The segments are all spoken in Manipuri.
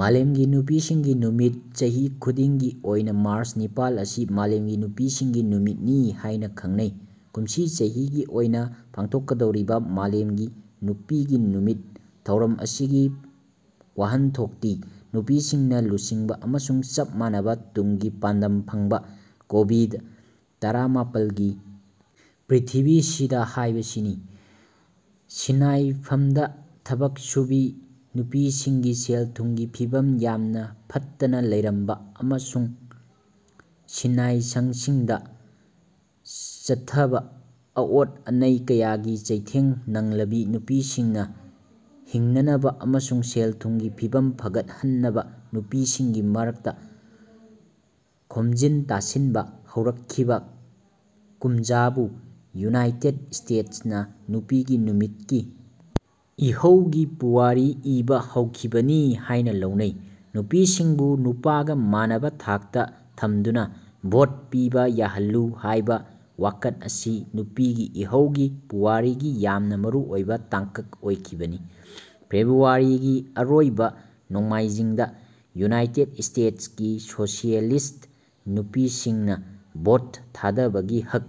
ꯃꯥꯂꯦꯝꯒꯤ ꯅꯨꯄꯤꯁꯤꯡꯒꯤ ꯅꯨꯃꯤꯠ ꯆꯍꯤ ꯈꯨꯗꯤꯡꯒꯤ ꯑꯣꯏꯅ ꯃꯥꯔꯆ ꯅꯤꯄꯥꯜ ꯑꯁꯤ ꯃꯥꯂꯦꯝꯒꯤ ꯅꯨꯄꯤꯁꯤꯡꯒꯤ ꯅꯨꯃꯤꯠ ꯅꯤ ꯍꯥꯏꯅ ꯈꯪꯅꯩ꯫ꯀꯨꯝꯁꯤ ꯆꯍꯤꯒꯤ ꯑꯣꯏꯅ ꯄꯥꯡꯊꯣꯛꯀꯗꯧꯔꯤꯕ ꯃꯥꯂꯦꯝꯒꯤ ꯅꯨꯄꯤꯒꯤ ꯅꯨꯃꯤꯠ ꯊꯧꯔꯝ ꯑꯁꯤꯒꯤ ꯋꯥꯍꯟꯊꯣꯛꯇꯤ ꯅꯨꯄꯤꯁꯤꯡꯅ ꯂꯨꯆꯤꯡꯕ ꯑꯃꯁꯨꯡ ꯆꯞ ꯃꯥꯟꯅꯕ ꯇꯨꯡꯒꯤ ꯄꯥꯟꯗꯝ ꯐꯪꯕ ꯀꯣꯚꯤꯗ-ꯇꯔꯥꯃꯥꯄꯜꯒꯤ ꯄ꯭ꯔꯤꯊꯤꯕꯤꯁꯤꯗ ꯍꯥꯏꯕꯁꯤꯅꯤ꯫ꯁꯤꯅꯥꯏꯐꯝꯗ ꯊꯕꯛ ꯁꯨꯕꯤ ꯅꯨꯄꯤꯁꯤꯡꯒꯤ ꯁꯦꯜ-ꯊꯨꯝꯒꯤ ꯐꯤꯚꯝ ꯌꯥꯝꯅ ꯐꯠꯇꯅ ꯂꯩꯔꯝꯕ ꯑꯃꯁꯨꯡ ꯁꯤꯟꯅꯥꯏꯁꯪꯁꯤꯡꯗ ꯆꯠꯊꯕ ꯑꯑꯣꯠ ꯑꯅꯩ ꯀꯌꯥꯒꯤ ꯆꯩꯊꯦꯡ ꯅꯪꯂꯕꯤ ꯅꯨꯄꯤꯁꯤꯡꯅ ꯍꯤꯡꯅꯅꯕ ꯑꯃꯁꯨꯡ ꯁꯦꯜ-ꯊꯨꯝꯒꯤ ꯐꯤꯚꯝ ꯐꯒꯠꯍꯟꯅꯕ ꯅꯨꯄꯤꯁꯤꯡꯒꯤ ꯃꯔꯛꯇ ꯈꯣꯝꯖꯤꯟ-ꯇꯥꯁꯤꯟꯕ ꯍꯧꯔꯛꯈꯤꯕ ꯀꯨꯝꯖꯥꯕꯨ ꯌꯨꯅꯥꯏꯇꯦꯗ ꯁ꯭ꯇꯦꯠꯁꯅ ꯅꯨꯄꯤꯒꯤ ꯅꯨꯃꯤꯠꯀꯤ ꯏꯍꯧꯒꯤ ꯄꯨꯋꯥꯔꯤ ꯏꯕ ꯍꯧꯈꯤꯕꯅꯤ ꯍꯥꯏꯅ ꯂꯧꯅꯩ꯫ꯅꯨꯄꯤꯁꯤꯡꯕꯨ ꯅꯨꯄꯥꯒ ꯃꯥꯟꯅꯕ ꯊꯥꯛꯇ ꯊꯝꯗꯨꯅ ꯚꯣꯠ ꯄꯤꯕ ꯌꯥꯍꯜꯂꯨ ꯍꯥꯏꯕ ꯋꯥꯀꯠ ꯑꯁꯤ ꯅꯨꯄꯤꯒꯤ ꯏꯍꯧꯒꯤ ꯄꯨꯋꯥꯔꯤꯒꯤ ꯌꯥꯝꯅ ꯃꯔꯨ ꯑꯣꯏꯕ ꯇꯥꯡꯀꯛ ꯑꯣꯏꯈꯤꯕꯅꯤ꯫ꯐꯦꯕ꯭ꯔꯨꯋꯥꯔꯤꯒꯤ ꯑꯔꯣꯏꯕ ꯅꯣꯡꯃꯥꯏꯖꯤꯡꯗ ꯌꯨꯅꯥꯏꯇꯦꯗ ꯁ꯭ꯇꯦꯠꯁꯀꯤ ꯁꯣꯁꯤꯌꯦꯂꯤꯁꯠ ꯅꯨꯄꯤꯁꯤꯡꯅ ꯚꯣꯠ ꯊꯥꯗꯕꯒꯤ ꯍꯛ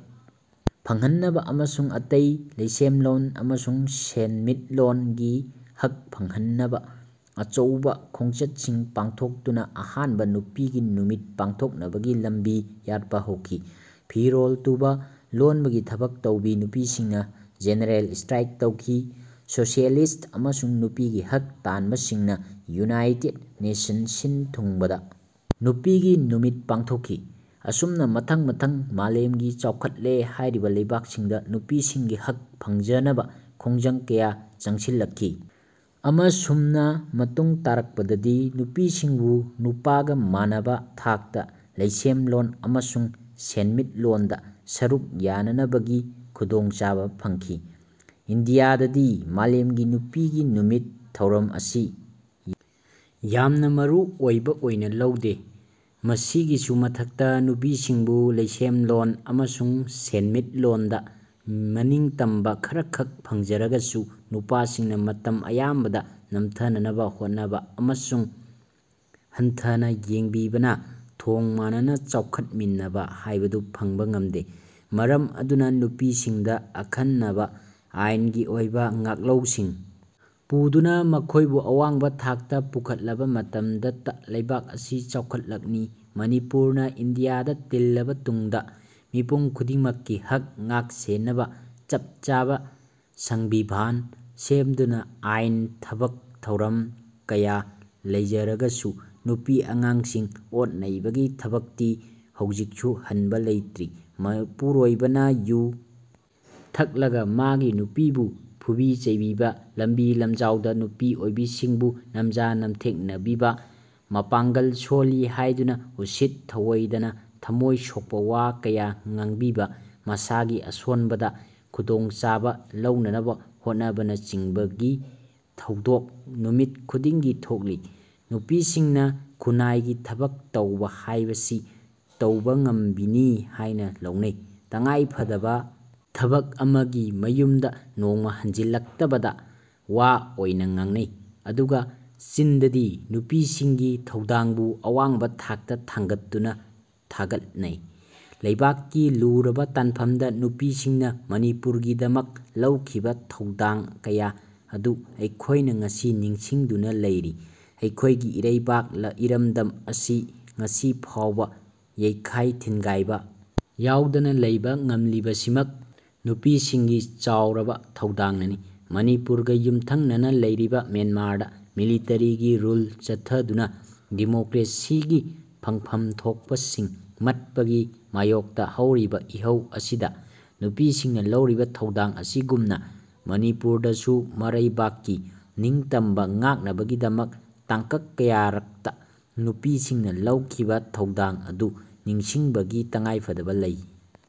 ꯐꯪꯍꯟꯅꯕ ꯑꯃꯁꯨꯡ ꯑꯇꯩ ꯂꯩꯁꯦꯝꯂꯣꯟ ꯑꯃꯁꯨꯡ ꯁꯦꯟꯃꯤꯠꯂꯣꯟꯒꯤ ꯍꯛ ꯐꯪꯍꯟꯅꯕ ꯑꯆꯧꯕ ꯈꯣꯡꯆꯠꯁꯤꯡ ꯄꯥꯡꯊꯣꯛꯇꯨꯅ ꯑꯍꯥꯟꯕ ꯅꯨꯄꯤꯒꯤ ꯅꯨꯃꯤꯠ ꯄꯥꯡꯊꯣꯛꯅꯕꯒꯤ ꯂꯝꯕꯤ ꯌꯥꯠꯄ ꯍꯧꯈꯤ꯫ꯐꯤ-ꯔꯣꯜ ꯇꯨꯕ, ꯂꯣꯟꯕꯒꯤ ꯊꯕꯛ ꯇꯧꯕꯤ ꯅꯨꯄꯤꯁꯤꯡꯅ ꯖꯦꯅꯔꯦꯜ ꯁ꯭ꯇꯔꯥꯏꯛ ꯇꯧꯈꯤ꯫ꯁꯣꯁꯤꯌꯦꯂꯤꯁꯠ ꯑꯃꯁꯨꯡ ꯅꯨꯄꯤꯒꯤ ꯍꯛ ꯇꯥꯟꯕꯁꯤꯡꯅ ꯌꯨꯅꯤꯏꯇꯦꯠ ꯅꯦꯁꯟ ꯁꯤꯟ-ꯊꯨꯡꯕꯗ ꯅꯨꯄꯤꯒꯤ ꯅꯨꯃꯤꯠ ꯄꯥꯡꯊꯣꯛꯈꯤ꯫ꯑꯁꯨꯝꯅ ꯃꯊꯪ-ꯃꯊꯪ ꯃꯥꯂꯦꯝꯒꯤ ꯆꯥꯎꯈꯠꯂꯦ ꯍꯥꯏꯔꯤꯕ ꯂꯩꯕꯥꯛꯁꯤꯡꯗ ꯅꯨꯄꯤꯁꯤꯡꯒꯤ ꯍꯛ ꯐꯪꯖꯅꯕ ꯈꯣꯡꯖꯪ ꯀꯌꯥ ꯆꯪꯁꯤꯜꯂꯛꯈꯤ꯫ꯑꯃꯁꯨꯝꯅ ꯃꯇꯨꯡ ꯇꯥꯔꯛꯄꯗꯗꯤ ꯅꯨꯄꯤꯁꯤꯡꯕꯨ ꯅꯨꯄꯥꯒꯥ ꯃꯥꯟꯅꯕ ꯊꯥꯛꯇ ꯂꯩꯁꯦꯝꯂꯣꯟ ꯑꯃꯁꯨꯡ ꯁꯦꯟꯃꯤꯠꯂꯣꯟꯗ ꯁꯔꯨꯛ ꯌꯥꯅꯅꯕꯒꯤ ꯈꯨꯗꯣꯡꯆꯥꯕ ꯐꯪꯈꯤ꯫ꯏꯟꯗꯤꯌꯥꯗꯗꯤ ꯃꯥꯂꯦꯝꯒꯤ ꯅꯨꯄꯤꯒꯤ ꯅꯨꯃꯤꯠ ꯊꯧꯔꯝ ꯑꯁꯤ ꯌꯥꯝꯅ ꯃꯔꯨ ꯑꯣꯏꯕ ꯑꯣꯏꯅ ꯂꯧꯗꯦ꯫ꯃꯁꯤꯒꯤꯁꯨ ꯃꯊꯛꯇ ꯅꯨꯄꯤꯁꯤꯡꯕꯨ ꯂꯩꯁꯦꯝꯂꯣꯟ ꯑꯃꯁꯨꯡ ꯁꯦꯟꯃꯤꯠꯂꯣꯟꯗ ꯃꯅꯤꯡꯇꯝꯕ ꯈꯔꯈꯛ ꯐꯪꯖꯔꯒꯁꯨ ꯅꯨꯄꯥꯁꯤꯡꯅ ꯃꯇꯝ ꯑꯌꯥꯝꯕꯗ ꯅꯝꯊꯅꯅꯕ ꯍꯣꯠꯅꯕ ꯑꯃꯁꯨꯡ ꯍꯟꯊꯅ ꯌꯦꯡꯕꯤꯕꯅ ꯊꯣꯡ ꯃꯥꯟꯅꯅ ꯆꯥꯎꯈꯠꯃꯤꯟꯅꯕ ꯍꯥꯏꯕꯗꯨ ꯐꯪꯕ ꯉꯝꯗꯦ꯫ꯃꯔꯝ ꯑꯗꯨꯅ ꯅꯨꯄꯤꯁꯤꯡꯗ ꯑꯈꯟꯅꯕ ꯑꯥꯏꯟꯒꯤ ꯑꯣꯏꯕ ꯉꯥꯛꯂꯧꯁꯤꯡ ꯄꯨꯗꯨꯅ ꯃꯈꯣꯏꯕꯨ ꯑꯋꯥꯡꯕ ꯊꯥꯛꯇ ꯄꯨꯈꯠꯂꯕ ꯃꯇꯝꯗꯇ ꯂꯩꯕꯥꯛ ꯑꯁꯤ ꯆꯥꯎꯈꯠꯂꯛꯅꯤ꯫ꯃꯅꯤꯄꯨꯔꯅ ꯏꯟꯗꯤꯌꯥꯗ ꯇꯤꯜꯂꯕ ꯇꯨꯡꯗ ꯃꯤꯄꯨꯝ ꯈꯨꯗꯤꯡꯃꯛꯀꯤ ꯍꯛ ꯉꯥꯛ-ꯁꯦꯟꯅꯕ ꯆꯞ ꯆꯥꯕ ꯁꯪꯕꯤꯚꯥꯟ ꯁꯦꯝꯗꯨꯅ ꯑꯥꯏꯟ ꯊꯕꯛ ꯊꯧꯔꯝ ꯀꯌꯥ ꯂꯩꯖꯔꯒꯁꯨ ꯅꯨꯄꯤ-ꯑꯉꯥꯡꯁꯤꯡ ꯑꯣꯠ ꯅꯩꯕꯒꯤ ꯊꯕꯛꯇꯤ ꯍꯧꯖꯤꯛꯁꯨ ꯍꯟꯕ ꯂꯩꯇ꯭ꯔꯤ꯫ꯃꯄꯨꯔꯣꯏꯕꯅ ꯌꯨ ꯊꯛꯂꯒ ꯃꯥꯒꯤ ꯅꯨꯄꯤꯕꯨ ꯐꯨꯕꯤ-ꯆꯩꯕꯤꯕ, ꯂꯝꯕꯤ-ꯂꯝꯖꯥꯎꯗ ꯅꯨꯄꯤ ꯑꯣꯏꯕꯤꯁꯤꯡꯕꯨ ꯅꯝꯖꯥ-ꯅꯝꯊꯦꯛꯅꯕꯤꯕ, ꯃꯄꯥꯡꯒꯜ ꯁꯣꯜꯂꯤ ꯍꯥꯏꯗꯨꯅ ꯎꯁꯤꯠ-ꯊꯑꯣꯏꯗꯅ ꯊꯝꯃꯣꯏ ꯁꯣꯛꯄ ꯋꯥ ꯀꯌꯥ ꯉꯥꯡꯕꯤꯕ, ꯃꯁꯥꯒꯤ ꯑꯁꯣꯟꯕꯗ ꯈꯨꯗꯣꯡꯆꯥꯕ ꯂꯧꯅꯅꯕ ꯍꯣꯠꯅꯕꯅꯆꯤꯡꯕꯒꯤ ꯊꯧꯗꯣꯛ ꯅꯨꯃꯤꯠ ꯈꯨꯗꯤꯡꯒꯤ ꯊꯣꯛꯂꯤ꯫ꯅꯨꯄꯤꯁꯤꯡꯅ ꯈꯨꯟꯅꯥꯏꯒꯤ ꯊꯕꯛ ꯇꯧꯕ ꯍꯥꯏꯕꯁꯤ ꯇꯧꯕꯉꯝꯕꯤꯅꯤ ꯍꯥꯏꯅ ꯂꯧꯅꯩ꯫ꯇꯉꯥꯏꯐꯗꯕ ꯊꯕꯛ ꯑꯃꯒꯤ ꯃꯌꯨꯝꯗ ꯅꯣꯡꯃꯥ ꯍꯟꯖꯤꯜꯂꯛꯇꯕꯗ ꯋꯥ ꯑꯣꯏꯅ ꯉꯥꯡꯅꯩ꯫ꯑꯗꯨꯒ ꯆꯤꯟꯗꯗꯤ ꯅꯨꯄꯤꯁꯤꯡꯒꯤ ꯊꯧꯗꯥꯡꯕꯨ ꯑꯋꯥꯡꯕ ꯊꯥꯛꯇ ꯊꯥꯡꯒꯠꯇꯨꯅ ꯊꯥꯒꯠꯅꯩ꯫ꯂꯩꯕꯥꯛꯀꯤ ꯂꯨꯔꯕ ꯇꯥꯟꯐꯝꯗ ꯅꯨꯄꯤꯁꯤꯡꯅ ꯃꯅꯤꯄꯨꯔꯒꯤꯗꯃꯛ ꯂꯧꯈꯤꯕ ꯊꯧꯗꯥꯡ ꯀꯌꯥ ꯑꯗꯨ ꯑꯩꯈꯣꯏꯅ ꯉꯁꯤ ꯅꯤꯡꯁꯤꯡꯗꯨꯅ ꯂꯩꯔꯤ꯫ꯑꯩꯈꯣꯏꯒꯤ ꯏꯔꯩꯕꯥꯛ ꯏꯔꯝꯗꯝ ꯑꯁꯤ ꯉꯁꯤ ꯐꯥꯎꯕ ꯌꯩꯈꯥꯏ-ꯊꯤꯟꯒꯥꯏꯕ ꯌꯥꯎꯗꯅ ꯂꯩꯕ ꯉꯝꯂꯤꯕꯁꯤꯃꯛ ꯅꯨꯄꯤꯁꯤꯡꯒꯤ ꯆꯥꯎꯔꯕ ꯊꯧꯗꯥꯡꯅꯅꯤ꯫ꯃꯅꯤꯄꯨꯔꯒ ꯌꯨꯝꯊꯪꯅꯅ ꯂꯩꯔꯤꯕ ꯃ꯭ꯌꯥꯟꯃꯥꯔꯗ ꯃꯤꯂꯤꯇꯔꯤꯒꯤ ꯔꯨꯜ ꯆꯠꯊꯗꯨꯅ ꯗꯤꯃꯣꯀ꯭ꯔꯦꯁꯤꯒꯤ ꯐꯪꯐꯝ ꯊꯣꯛꯄꯁꯤꯡ ꯃꯠꯄꯒꯤ ꯃꯥꯌꯣꯛꯇ ꯍꯧꯔꯤꯕ ꯏꯍꯧ ꯑꯁꯤꯗ ꯅꯨꯄꯤꯁꯤꯡꯅ ꯂꯧꯔꯤꯕ ꯊꯧꯗꯥꯡ ꯑꯁꯤꯒꯨꯝꯅ ꯃꯅꯤꯄꯨꯔꯗꯁꯨꯃꯔꯩꯕꯥꯛꯀꯤ ꯅꯤꯡꯇꯝꯕ ꯉꯥꯛꯅꯕꯒꯤꯗꯃꯛ ꯇꯥꯡꯀꯛ ꯀꯌꯥꯔꯛꯇ ꯅꯨꯄꯤꯁꯤꯡꯅ ꯂꯧꯈꯤꯕ ꯊꯧꯗꯥꯡ ꯑꯗꯨ ꯅꯤꯡꯁꯤꯡꯕꯒꯤ ꯇꯉꯥꯏꯐꯗꯕ ꯂꯩ꯫